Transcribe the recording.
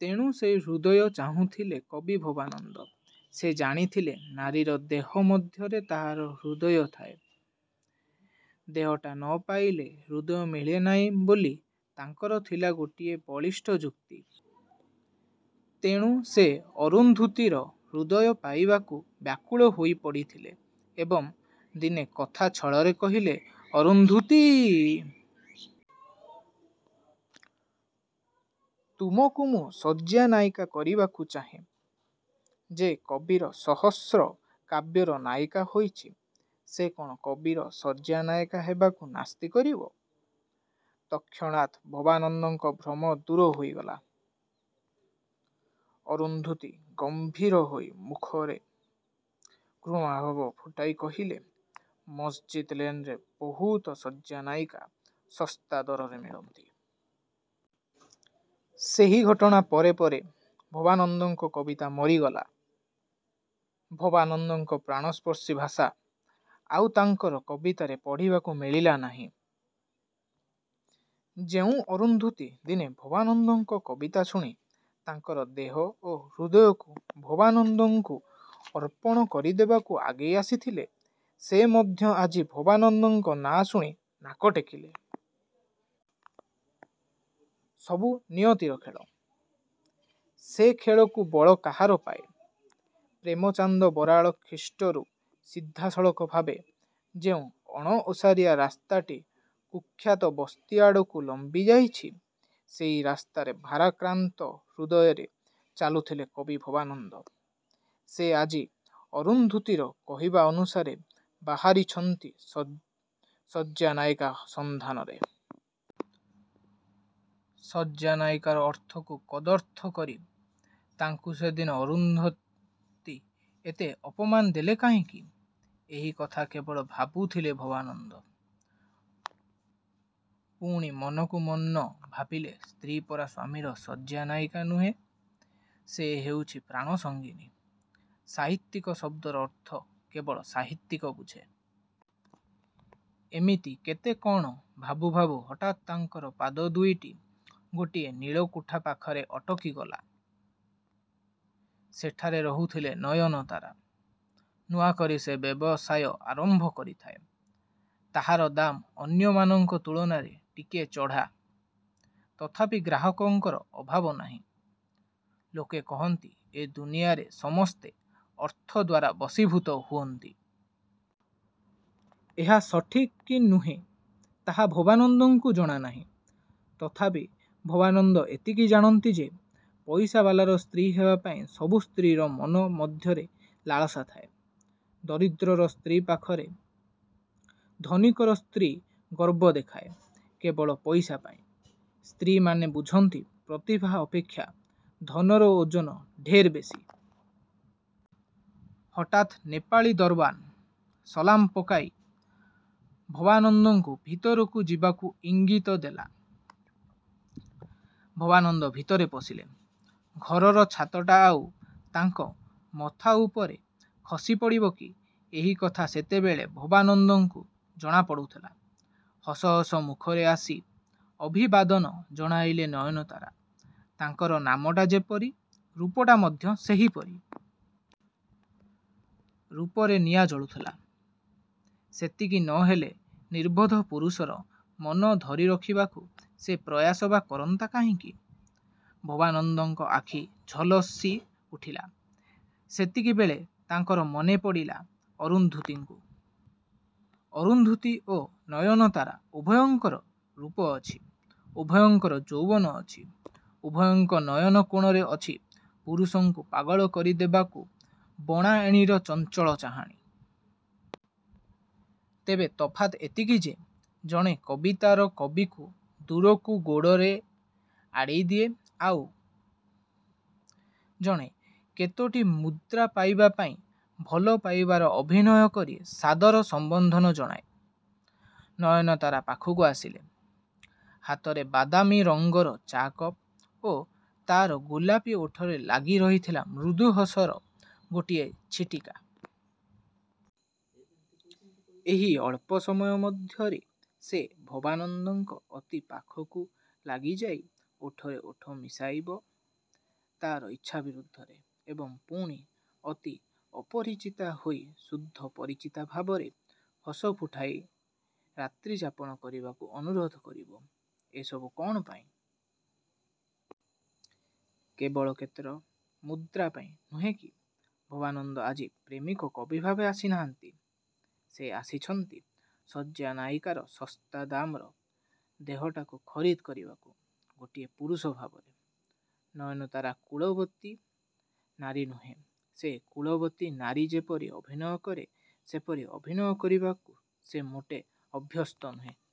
ତେଣୁ ସେହି ହୃଦୟ ଚାହୁଁଥିଲେ କବି ଭବାନନ୍ଦ। ସେ ଜାଣିଥିଲେ ନାରୀର ଦେହ ମଧ୍ୟରେ ତା'ର ହୃଦୟ ଥାଏ। ଦେହଟା ନ ପାଇଲେ ହୃଦୟ ମିଳେନାହିଁ ବୋଲି ତାଙ୍କର ଥିଲା ଗୋଟିଏ ବଳିଷ୍ଠ ଯୁକ୍ତି। ତେଣୁ ସେ ଅରୁନ୍ଧୁତୀର ହୃଦୟ ପାଇବାକୁ ବ୍ୟାକୁଳ ହୋଇପଡ଼ିଥିଲେ ଏବଂ ଦିନେ କଥା ଛଳରେ କହିଲେ, ''ଅରୁନ୍ଧୁତୀ! ତୁମକୁ ମୁଁ ଶଯ୍ୟାନାୟିକା କରିବାକୁ ଚାହେଁ। ଯେ କବିର ସହସ୍ର କାବ୍ୟର ନାୟିକା ହୋଇଛି ସେ କ'ଣ କବିର ଶଯ୍ୟାନାୟିକା ହେବାକୁ ନାସ୍ତି କରିବ? '' ତତ୍କ୍ଷଣାତ ଭବାନନ୍ଦଙ୍କ ଭ୍ରମ ଦୂର ହୋଇଗଲା। ଅରୁନ୍ଧୁତୀ ଗମ୍ଭୀର ହୋଇ ମୁଖରେ ଘୃଣାଭାବ ଫୁଟାଇ କହିଲେ, ''ମସ୍ଜିଦ୍ ଲେନରେ ବହୁତ ଶଯ୍ୟାନାୟିକା ଶସ୍ତା ଦରରେ ମିଳନ୍ତି। '' ସେହି ଘଟଣା ପରେ ପରେ ଭବାନନ୍ଦଙ୍କ କବିତା ମରିଗଲା। ଭବାନନ୍ଦଙ୍କ ପ୍ରାଣସ୍ପର୍ଶୀ ଭାଷା ଆଉ ତାଙ୍କର କବିତାରେ ପଢ଼ିବାକୁ ମିଳିଲା ନାହିଁ। ଯେଉଁ ଅରୁନ୍ଧୁତୀ ଦିନେ ଭବାନନ୍ଦଙ୍କ କବିତା ଶୁଣି ତାଙ୍କର ଦେହ ଓ ହୃଦୟକୁ ଭବାନନ୍ଦକୁ ଅର୍ପଣ କରିଦେବାକୁ ଆଗେଇ ଆସିଥିଲେ ସେ ମଧ୍ୟ ଆଜି ଭବାନନ୍ଦଙ୍କ ନାଁ ଶୁଣି ନାକ ଟେକିଲେ। ସବୁ ନିୟତିର ଖେଳ। ସେ ଖେଳକୁ ବଳ କାହାର ପାଏ। ପ୍ରେମଚାନ୍ଦ ବରାଳ ଷ୍ଟ୍ରୀଟରୁ ସିଧାସଳଖ ଭାବେ ଯେଉଁ ଅଣଓସାରିଆ ରାସ୍ତାଟି କୁଖ୍ୟାତ ବସ୍ତି ଆଡ଼କୁ ଲମ୍ବିଯାଇଛି ସେହି ରାସ୍ତାରେ ଭାରାକ୍ରାନ୍ତ ହୃଦୟରେ ଚାଲୁଥିଲେ କବି ଭବାନନ୍ଦ। ସେ ଆଜି ଅରୁନ୍ଧୁତୀର କହିବା ଅନୁସାରେ ବାହାରିଛନ୍ତି ଶଯ୍ୟାନାୟିକା ସନ୍ଧାନରେ। ଶଯ୍ୟାନାୟିକାର ଅର୍ଥକୁ କଦର୍ଥ କରି ତାଙ୍କୁ ସେଦିନ ଅରୁନ୍ଧୁତୀ ଏତେ ଅପମାନ ଦେଲେ କାହିଁକି, ଏହି କଥା କେବଳ ଭାବୁଥିଲେ ଭବାନନ୍ଦ। ପୁଣି ମନକୁ ମନ ଭାବିଲେ ସ୍ତ୍ରୀ ପରା ସ୍ୱାମୀର ଶଯ୍ୟାନାୟିକା ନୁହେଁ। ସେ ହେଉଛି ପ୍ରାଣସଙ୍ଗିନୀ। ସାହିତ୍ୟିକ ଶବ୍ଦର ଅର୍ଥ କେବଳ ସାହିତ୍ୟିକ ବୁଝେ। ଏମିତି କେତେ କ'ଣ ଭାବୁ ଭାବୁ ହଠାତ୍ ତାଙ୍କର ପାଦ ଦୁଇଟି ଗୋଟିଏ ନୀଳକୋଠା ପାଖରେ ଅଟକିଗଲା। ସେଠାରେ ରହୁଥିଲା ନୟନତାରା। ନୂଆକରି ସେ ବ୍ୟବସାୟ ଆରମ୍ଭ କରିଥାଏ। ତାହାର ଦାମ ଅନ୍ୟମାନଙ୍କ ତୁଳନାରେ ଟିକିଏ ଚଢ଼ା। ତଥାପି ଗ୍ରାହକର ଅଭାବ ନାହିଁ। ଲୋକେ କହନ୍ତି ଏ ଦୁନିଆରେ ସମସ୍ତେ ଅର୍ଥଦ୍ୱାରା ବଶୀଭୂତ ହୁଅନ୍ତି। ଏହା ସଠିକ୍ କି ନୁହେଁ ତାହା ଭବାନନ୍ଦଙ୍କୁ ଜଣାନାହିଁ। ତଥାପି ଭବାନନ୍ଦ ଏତିକି ଜାଣନ୍ତି ଯେ ପଇସାବାଲାର ସ୍ତ୍ରୀ ହେବାପାଇଁ ସବୁ ସ୍ତ୍ରୀର ମନ ମଧ୍ୟରେ ଲାଲସା ଥାଏ। ଦରିଦ୍ରର ସ୍ତ୍ରୀ ପାଖରେ ଧନୀକର ସ୍ତ୍ରୀ ଗର୍ବ ଦେଖାଏ କେବଳ ପଇସା ପାଇଁ। ସ୍ତ୍ରୀମାନେ ବୁଝନ୍ତି ପ୍ରତିଭା ଅପେକ୍ଷା ଧନର ଓଜନ ଢେର ବେଶି-। ହଠାତ୍ ନେପାଳୀ ଦରବାନ୍ ସଲାମ ପକାଇ ଭବାନନ୍ଦଙ୍କୁ ଭିତରକୁ ଯିବାକୁ ଇଙ୍ଗିତ ଦେଲା। ଭବାନନ୍ଦ ଭିତରେ ପଶିଲେ। ଘରର ଛାତଟା ଆଉ ତାଙ୍କ ମଥା ଉପରେ ଖସିପଡ଼ିବକି ଏହି କଥା ସେତେବେଳେ ଭବାନନ୍ଦଙ୍କୁ ଜଣାପଡ଼ୁଥିଲା। ହସ ହସ ମୁଖରେ ଆସି ଅଭିବାଦନ। ଜଣାଇଲା ନୟନତାରା। ତାହାର ନାମଟା ଯେପରି, ରୂପଟା ମଧ୍ୟ ସେହିପରି। ରୂପରେ ନିଆଁ ଜଳୁଥିଲା। ସେତିକି ନ ହେଲେ ନିର୍ବୋଧ ପୁରୁଷର ମନ ଧରିରଖିବାକୁ ସେ ପ୍ରୟାସ ବା କରନ୍ତା କାହିଁକି? ଭବାନନ୍ଦଙ୍କ ଆଖି ଝଲସିଉଠିଲା। ସେତିକିବେଳେ ତାଙ୍କର ମନେପଡ଼ିଲା ଅରୁନ୍ଧୁତୀକୁ। ଅରୁନ୍ଧୁତୀ ଓ ନୟନତାରା ଉଭୟଙ୍କର ରୂପ ଅଛି। ଉଭୟଙ୍କର ଯୌବନ ଅଛି। ଉଭୟଙ୍କ ନୟନ କୋଣରେ ଅଛି ପୁରୁଷକୁ ପାଗଳ କରିଦେବାକୁ ବଣା ଏଣୀର ଚଞ୍ଚଳ ଚାହାଣି। ତେବେ ତଫାତ୍ ଏତିକି ଯେ ଜଣେ କବିତାର କବିକୁ ଦୂରକୁ ଗୋଡ଼ରେ ଆଡ଼େଇ ଦିଏ ଓ ଆଉ ଜଣେ କେତୋଟି ମୁଦ୍ରା ପାଇବା ପାଇଁ ଭଲ ପାଇବାର ଅଭିନୟ କରି ସାଦର ସମ୍ବର୍ଦ୍ଧନା ଜଣାଏ। ନୟନତାରା ପାଖେଇ ଆସିଲା। ହାତରେ ବାଦାମୀରଙ୍ଗର ଚା' କପ୍ ଓ ତା'ର ଗୋଲାପି ଓଠରେ ଲାଗିରହିଥିଲା ମୃଦୁ ହସର ଗୋଟିଏ ଛିଟିକା। ଏହି ଅଳ୍ପ ସମୟ ମଧ୍ୟରେ ସେ ଭବାନନ୍ଦଙ୍କ ଅତି ପାଖକୁ ଲାଗିଯାଇ ଓଠରେ ଓଠ ମିଳାଇବ ତା'ର ଇଚ୍ଛା ବିରୁଦ୍ଧରେ ଏବଂ ପୁଣି ଅତି ଅପରିଚିତା ହୋଇ ସୁଦ୍ଧା ପରିଚିତା ଭାବରେ ହସ ଫୁଟାଇ ରାତ୍ରିଯାପନ କରିବାକୁ ଅନୁରୋଧ କରିବ। ଏ ସବୁ କ'ଣ ପାଇଁ? କେବଳ କେତୋଟି ମୁଦ୍ରା ପାଇଁ ନୁହେଁ କି? ଭବାନନ୍ଦ ଆଜି ପ୍ରେମିକ କବି ଭାବେ ଆସିନାହାନ୍ତି। ସେ ଆସିଛନ୍ତି, ଶଯ୍ୟାନାୟିକାର ଶସ୍ତା ଦାମର ଦେହଟାକୁ ଖରିଦ କରିବାକୁ ଗୋଟିଏ ପୁରୁଷ ଭାବରେ। ନୟନତାରା କୁଳବତୀ ନାରୀ ନୁହେଁ। ତେଣୁ କୁଳବତୀ ନାରୀ ଯେପରି ଅଭିନୟ କରେ ସେପରି ଅଭିନୟ କରିବାକୁ ସେ ମୋଟେ ଅଭ୍ୟସ୍ତ ନୁହେଁ।